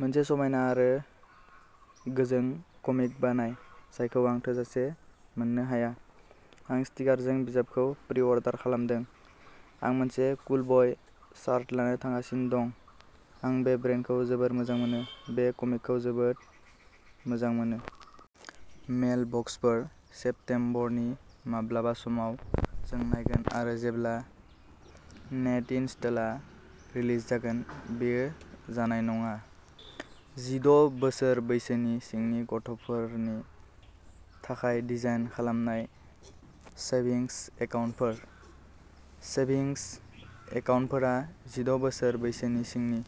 मोनसे समायना आरो गोजों कमिक बानाय जायखौ आं थोजासे मोननो हाया। आं स्टिकारजों बिजाबखौ प्रि-अर्डार खालामदों। आं मोनसे "कुल बय" शार्ट लानो थांगासिनो दं। आं बे ब्रेन्डखौ जोबोद मोजां मोनो। बे कमिकखौ जोबोद मोजां मोनो। मेलबक्सफोर "सेप्तेम्बरनि माब्लाबा समाव" जों नायगोन आरो जेब्ला नेटइनस्टलआ रिलिज जागोन बेयो जानाय नङा जिद' बोसोर बैसोनि सिंनि गथ'फोरनि थाखाय डिजाइन खालामनाय सेभिंस एकाउन्टफोर। सेभिंस एकाउन्टफोरा जिद' बोसोर बैसोनि सिंनि।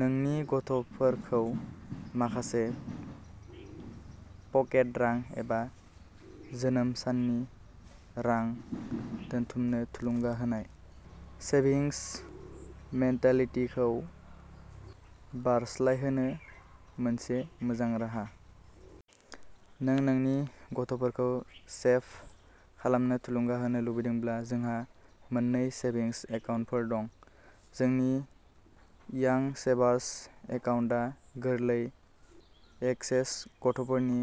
नोंनि गथ'फोरखौ माखासे पकेट रां एबा जोनोम साननि रां दोनथुमनो थुलुंगा होनाय "सेभिंस मेन्टालिटी" खौ बारस्लायहोनो मोनसे मोजां राहा। नों नोंनि गथ'फोरखौ सेभ खालामनो थुलुंगा होनो लुबैदोंब्ला जोंहा मोननै सेभिंस एकाउन्टफोर दं। जोंनि यांग सेभारस एकाउन्टआ गोरलै एक्सेस गथ'साफोरनि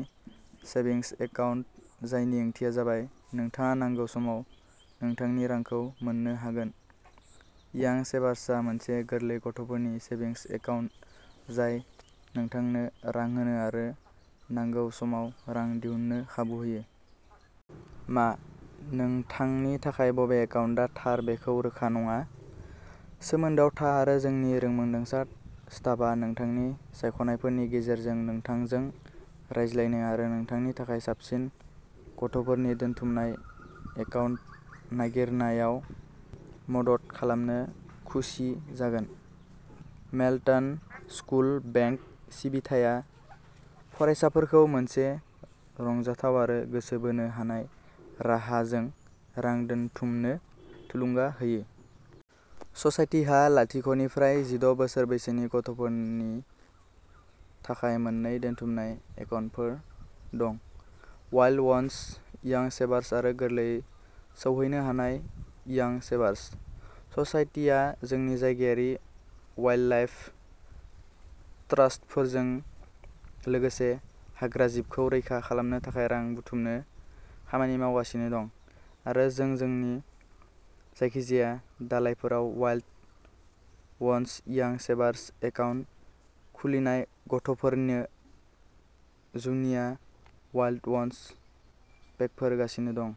सेभिंस एकाउन्ट जायनि ओंथिया जाबाय नोंथाङा नांगौ समाव नोंथांनि रांखौ मोन्नो हागोन। यांग सेभारसआ मोनसे गोरलै गथ'साफोरनि सेभिंस एकाउन्ट जाय नोंथांनो रां होनो आरो नांगौ समाव रां दिहुननो खाबु होयो। मा नोंथांनि थाखाय बबे एकाउन्टआ थार बेखौ रोखा नङा? सोमोन्दोआव था आरो जोंनि रोंमोन्दांसा स्टाफा नोंथांनि सायख'नायफोरनि गेजेरजों नोंथांजों रायज्लायनो आरो नोंथांनि थाखाय साबसिन गथ'फोरनि दोनथुमनाय एकाउन्ट नागिरनायाव मदद खालामनो खुसि जागोन। मेल्टन स्कुल बेंक सिबिथाया फरायसाफोरखौ मोनसे रंजाथाव आरो गोसो बोनो हानाय राहाजों रां दोनथुमनो थुलुंगा होयो। ससाइटिहा लाथिख निफ्राय जिद' बोसोर बैसोनि गथ'फोरनि थाखाय मोन्नै दोनथुमनाय एकाउन्टफोर दं। वाइल्ड वन्स यांग सेवार्स आरो गोरलैयै सौहैनो हानाय यांग सेवार्स। ससाइटिआ जोंनि जायगायारि वाइल्डलाइफ ट्रास्टफोरजों लोगोसे हाग्राजिबखौ रैखा खालामनो थाखाय रां बुथुमनो खामानि मावगासिनो दं आरो जों जोंनि जायखिजाया दालायफोराव wild once Yang savers account खुलिनाय गथ'फोरनो जुनिया वाइल्ड वन्स पेकफोर होगासिनो दं।